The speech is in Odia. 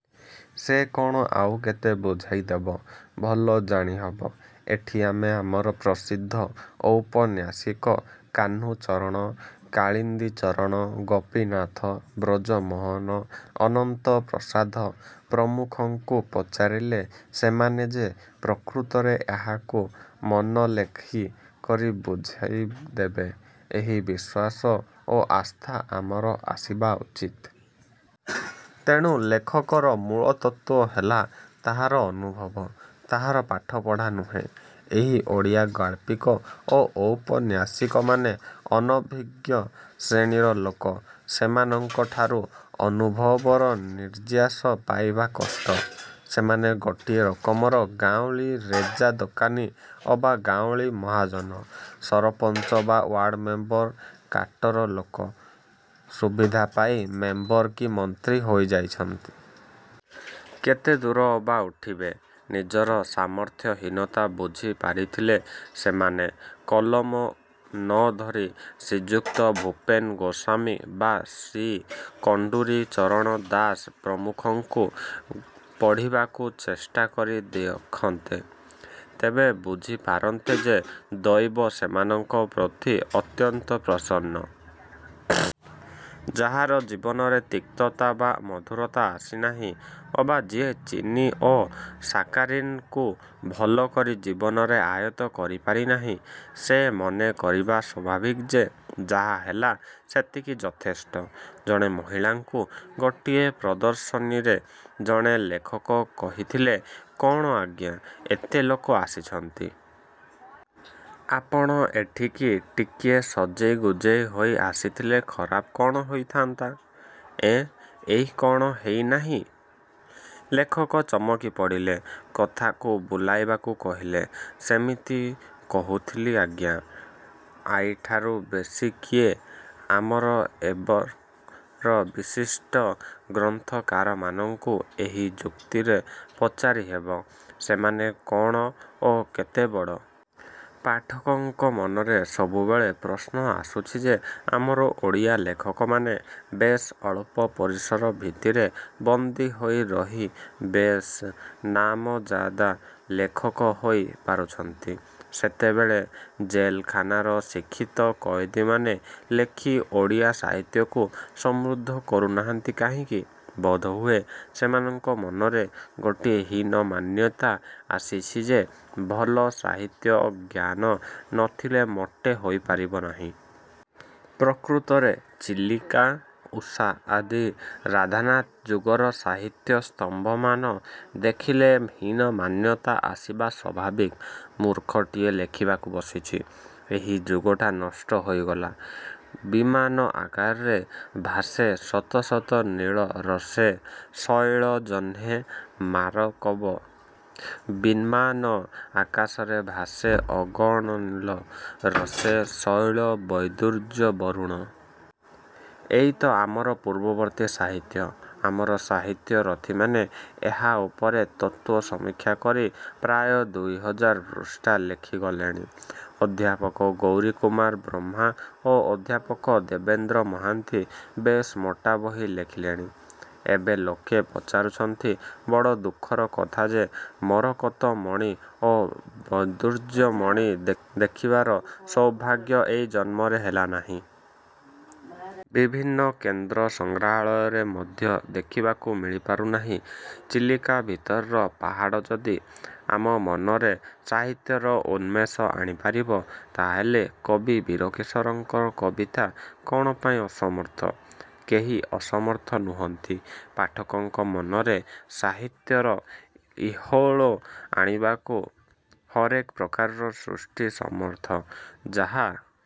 ସେ କ'ଣ ଆଉ କେତେ ବୁଝାଇ ଦବ-ଭଲ ଜାଣି ହବ। ଏଠି ଆମେ ଆମର ପ୍ରସିଦ୍ଧ ଔପନ୍ୟାସିକ କାହ୍ନୁଚରଣ, କାଳିନ୍ଦୀଚରଣ, ଗୋପୀନାଥ, ବ୍ରଜମୋହନ, ଅନନ୍ତ ପ୍ରସାଦ ପ୍ରମୁଖଙ୍କୁ ପଚାରିଲେ ସେମାନେ ଯେ ପ୍ରକୃତରେ ଏହାକୁ ମନଲାଖି କରି ବୁଝାଇଦେବେ, ଏହି ବିଶ୍ୱାସ ଓ ଆସ୍ଥା ଆମର ଆସିବା ଉଚିତ୍। ତେଣୁ ଲେଖକର ମୂଳତତ୍ତ୍ୱ ହେଲା ତାହାର ଅନୁଭବ-ତାହାର ପାଠପଢ଼ା ନୁହେଁ। ଏହି ଓଡ଼ିଆ ଗାଳ୍ପିକ ଓ ଔପନ୍ୟାସିକମାନେ ଅନଭିଜ୍ଞ ଶ୍ରେଣୀର ଲୋକ। ସେମାନଙ୍କଠାରୁ ଅନୁଭବର ନିର୍ଯ୍ୟାସ ପାଇବା କଷ୍ଟ। ସେମାନେ ଗୋଟାଏ ରକମର ଗାଉଁଲୀ ରେଜା ଦୋକାନୀ ଅବା ଗାଉଁଲୀ ମହାଜନ। ସରପଞ୍ଚ ବା ୱାଡ଼୍ ମେମ୍ୱର କାଟର ଲୋକ-ସୁବିଧା ପାଇ ମେମ୍ୱର କି ମନ୍ତ୍ରୀ ହୋଇ ଯାଇଛନ୍ତି। କେତେ ଦୂର ଅବା ଉଠିବେ? ନିଜର ସାମର୍ଥ୍ୟହୀନତା ବୁଝି ପାରିଥିଲେ ସେମାନେ କଲମ ନ ଧରି ଶ୍ରୀଯୁକ୍ତ ଭୂପେନ ଗୋସ୍ୱାମୀ ବା ଶ୍ରୀ କଣ୍ତୁରି ଚରଣ ଦାସ ପ୍ରମୁଖଙ୍କୁ ପଢ଼ିବାକୁ ଚେଷ୍ଟା କରି ଦେଖନ୍ତେ। ତେବେ ବୁଝି ପାରନ୍ତେ ଯେ ଦୈବ ସେମାନଙ୍କ ପ୍ରତି ଅତ୍ୟନ୍ତ ପ୍ରସନ୍ନ। ଯାହାର ଜୀବନରେ ତିକ୍ତତା ବା ମଧୁରତା ଆସି ନାହିଁ। ଅବା ଯିଏ ଚିନି ଓ ସାକାରିନ୍କୁ ଭଲ କରି ଜୀବନରେ ଆୟତ୍ତ କରିପାରି ନାହିଁ ସେ ମନେ କରିବା ସ୍ୱାଭାବିକ ଯେ ଯାହା ହେଲା ସେତିକି ଯଥେଷ୍ଟ। ଜଣେ ମହିଳାଙ୍କୁ ଗୋଟାଏ ପ୍ରଦର୍ଶନୀରେ ଜଣେ ଲେଖକ କହିଥିଲେ-କ'ଣ ଆଜ୍ଞା, ଏତେ ଲୋକ ଆସିଛନ୍ତି। ଆପଣ ଏଠିକି ଟିକିଏ ସଜେଇ ଗୁଜେଇ ହୋଇ ଆସିଥିଲେ ଖରାପ କ'ଣ ହୋଇଥାନ୍ତା? -ଏଁ, ଇଏ କ'ଣ ହେଇ ନାହିଁ? ଲେଖକ ଚମକି ପଡ଼ିଥିଲେ। କଥାକୁ ବୁଲାଇବାକୁ କହିଲେ-ସେମିତି କହୁଥିଲି ଆଜ୍ଞା। ଇଆଠାରୁ ବେଶି କିଏ? ଆମର ଏବର ବିଶିଷ୍ଟ ଗ୍ରନ୍ଥକାରମାନଙ୍କୁ ଏହି ଯୁକ୍ତିରେ ପଚାରି ହେବ-ସେମାନେ କ'ଣ ଓ କେତେ ବଡ? ପାଠକଙ୍କ ମନରେ ସବୁବେଳେ ପ୍ରଶ୍ନ ଆସୁଛି ଯେ ଆମର ଓଡ଼ିଆ ଲେଖକମାନେ ବେଶ୍ ଅଳ୍ପ ପରିସର ଭତିରେ ବନ୍ଦୀ ହୋଇ ରହି ବେଶ୍ ନାମଜାଦା ଲେଖକ ହୋଇ ପାରୁଛନ୍ତି ସେତେବେଳେ ଜେଲଖାନାର ଶିକ୍ଷିତ କଏଦୀମାନେ ଲେଖି ଓଡ଼ିଆ ସାହିତ୍ୟକୁ ସମୃଦ୍ଧ କରୁନାହାନ୍ତି କାହିଁକି? ବୋଧହୁଏ ସେମାନଙ୍କ ମନରେ ଗୋଟିଏ ହୀନମନ୍ୟତା ଆସିଛି ଯେ ଭଲ ସାହିତ୍ୟ ଜ୍ଞାନ ନ ଥିଲେ ମୋଟେ ହୋଇପାରିବ ନାହିଁ। ପ୍ରକୃତରେ ଚିଲିକା, ଉଷା ଆଦି ରାଧାନାଥ ଯୁଗର ସାହିତ୍ୟ ସ୍ତମ୍ଭମାନ ଦେଖିଲେ ହୀନମନ୍ୟତା ଆସିବା ସ୍ୱାଭାବିକ। ମୂର୍ଖଟିଏ-ଲେଖିବାକୁ ବସିଛି। ଏହି ଯୁଗଟା ନଷ୍ଟ ହୋଇଗଲା। ବିମାନ ଆକାରେ ଭାସେ ଶତ ଶତ ନୀଳ ରସେ ଶୈଳ ଯେହ୍ନେ ମାରକତ। ବିମାନ ଆକାରେ ଭାସେ ଅଗଣନ ନୀଳ ରସେ ଶୈଳ ବୈଦୁର୍ଯ୍ୟ ବରୁଣ। ଇଏତ ଆମର ପୂର୍ବବର୍ତ୍ତୀ ସାହିତ୍ୟ। ଆମର ସାହିତ୍ୟ ରଥୀମାନେ ଏହା ଉପରେ ତତ୍ତ୍ୱ-ସମୀକ୍ଷା କରି ପ୍ରାୟ ଦୁଇହଜାର ପୃଷ୍ଠା ଲେଖିଗଲେଣି। ଅଧ୍ୟାପକ ଗୌରୀକୁମାର ବ୍ରହ୍ମା ଓ ଅଧ୍ୟାପକ ଦେବେନ୍ଦ୍ର ମହାନ୍ତି ବେଶ୍ ମୋଟା ବହି ଲେଖିଲେଣି। ଏବେ ଲୋକେ ପଚାରୁଛନ୍ତି-ବଡ଼ ଦୁଃଖର କଥା ଯେ ମରକତ ମଣି ଓ ବୈଦୁର୍ଯ୍ୟ ମଣି ଦେଖିବାର ସୌଭାଗ୍ୟ ଏଇ ଜନ୍ମରେ ହେଲା ନାହିଁ। ବିଭିନ୍ନ କେନ୍ଦ୍ର ସଂଗ୍ରହାଳୟରେ ମଧ୍ୟ ଦେଖିବାକୁ ମିଳିପାରୁ ନାହିଁ। ଚିଲିକା ଭିତରର ପାହାଡ଼ ଯଦି ଆମ ମନରେ ସାହିତ୍ୟର ଉନ୍ମେଷ ଆଣି ପାରିବ ତାହାହେଲେ କବି ବୀରକିଶୋରଙ୍କର କବିତା କ'ଣ ପାଇଁ ଅସମର୍ଥ? କେହି ଅସମର୍ଥ ନୁହନ୍ତି। ପାଠକଙ୍କ ମନରେ ସାହିତ୍ୟର ହିଲ୍ଲୋଳ ଆଣିବାକୁ ହରେକ ପ୍ରକାରର ସୃଷ୍ଟି ସମର୍ଥ। ଯାହା